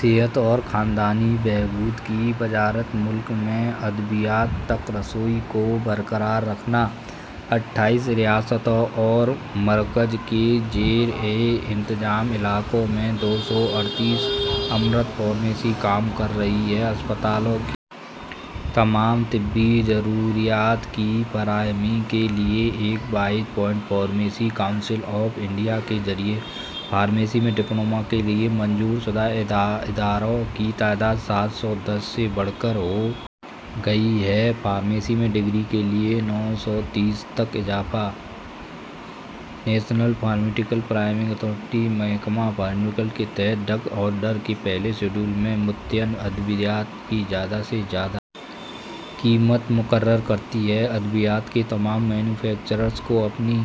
صحت اور خاندانی بہبود کی وزارت ملک میں ادویات تک رسائی کو برقرار رکھنا اٹھائیس ریاستوں مرکز کے زیر انتظام علاقوں میں دو سو اڑتیس امرت فارمیسی کام کر رہی ہے ہسپتالوں کی تمام طبی ضروریات کی فراہمی کے لیے ایک واحد point pharmacy council of India کے ذریعہ فارمیسی میں ڈپلومہ کے لیے منظور شدہ اداروں کی تعداد سات سو دس سے بڑھ کر ہو گئی ہے فارمیسی میں ڈگری کے لیے نو سو تیس سے تک اضافہ نیشنل فارماسیوٹیکل پرائسنگ اتھارٹی محکمہ فارماسیوٹیکل کے تحت منشیات آرڈر کے پہلے شیڈول میں متعین ادویات کی زیادہ سے زیادہ قیمت مقرر کرتی ہے ادویات کے تمام مینوفیکچررز کو اپنی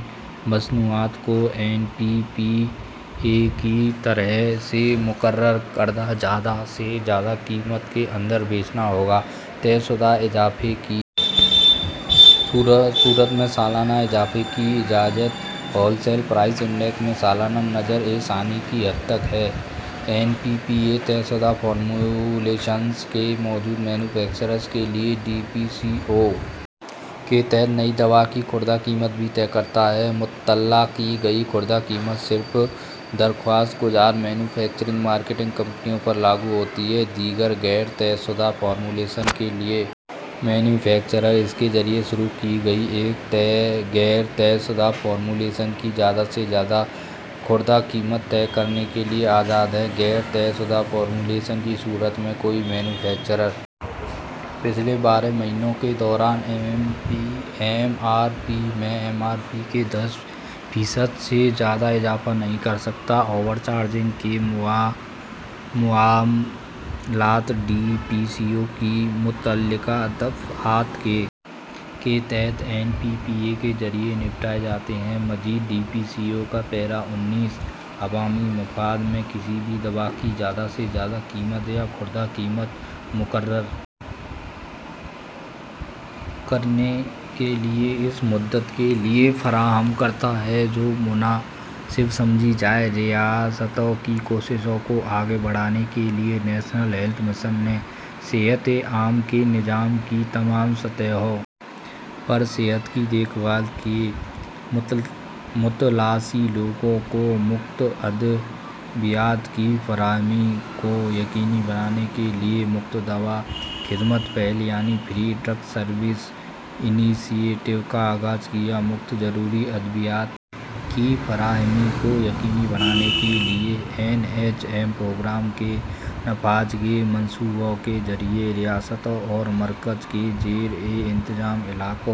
مصنوعات کو این پی پی اے کی طرف سے مقرر کردہ زیادہ سے زیادہ قیمت کے اندر بیچنا ہوگا طے شدہ اضافے کی صورت میں سالانہ اضافے کی اجازت ہول سیل پرائس انڈیکس میں سالانہ نظرثانی کی حد تک ہے این پی پی اے طے شدہ فارمولیشنز کے موجودہ مینوفیکچررز کے لیے ڈی پی سی او کے تحت نئی دوا کی خوردہ قیمت بھی طے کرتا ہے مطلع شدہ خوردہ قیمت صرف درخواست گزار مینوفیکچرنگ مارکیٹنگ کمپنیوں پر لاگو ہوتی ہے دیگر غیر طے شدہ فارمولیشنوں کے لیے ایک مینوفیکچرر اس کے ذریعہ شروع کی گئی ایک غیر طے شدہ فارمولیشن کی زیادہ سے زیادہ خوردہ قیمت طے کرنے کے لیے آزاد ہے غیر طے شدہ فارمولیشن کی صورت میں کوئی مینوفیکچرر پچھلے بارہ مہینوں کے دوران ایم آر پی میں ایم آر پی کے دس فیصد سے زیادہ اضافہ نہیں کر سکتا اوور چارجنگ کے معاملات ڈی پی سی او کی متعلقہ دفعات کے تحت این پی پی اے کے ذریعے نمٹائے جاتے ہیں مزید ڈی پی سی او کا پیرا انیس عوامی مفاد میں کسی بھی دوا کی زیادہ سے زیادہ قیمت یا خوردہ قیمت مقرر کرنے کے لیے اس مدت کے لیے فراہم کرتا ہے جو مناسب سمجھی جائے ریاستوں کی کوششوں کو آگے بڑھانے کے لیے نیشنل ہیلتھ مشن نے صحت عامہ کے نظام کی تمام سطحوں پر صحت کی دیکھ بھال کے متلاشیوں کو مفت ادویات کی فراہمی کو یقینی بنانے کے لیے مفت دوا خدمت پہل یعنی فری ڈرگز سروس انیشیٹو کا آغاز کیا ہے مفت ضروری ادویات کی فراہمی کو یقینی بنانے کے لیے این ایچ ایم پروگرام کے نفاذ کے منصوبوں کے ذریعے ریاستوں مرکز کے زیر انتظام علاقوں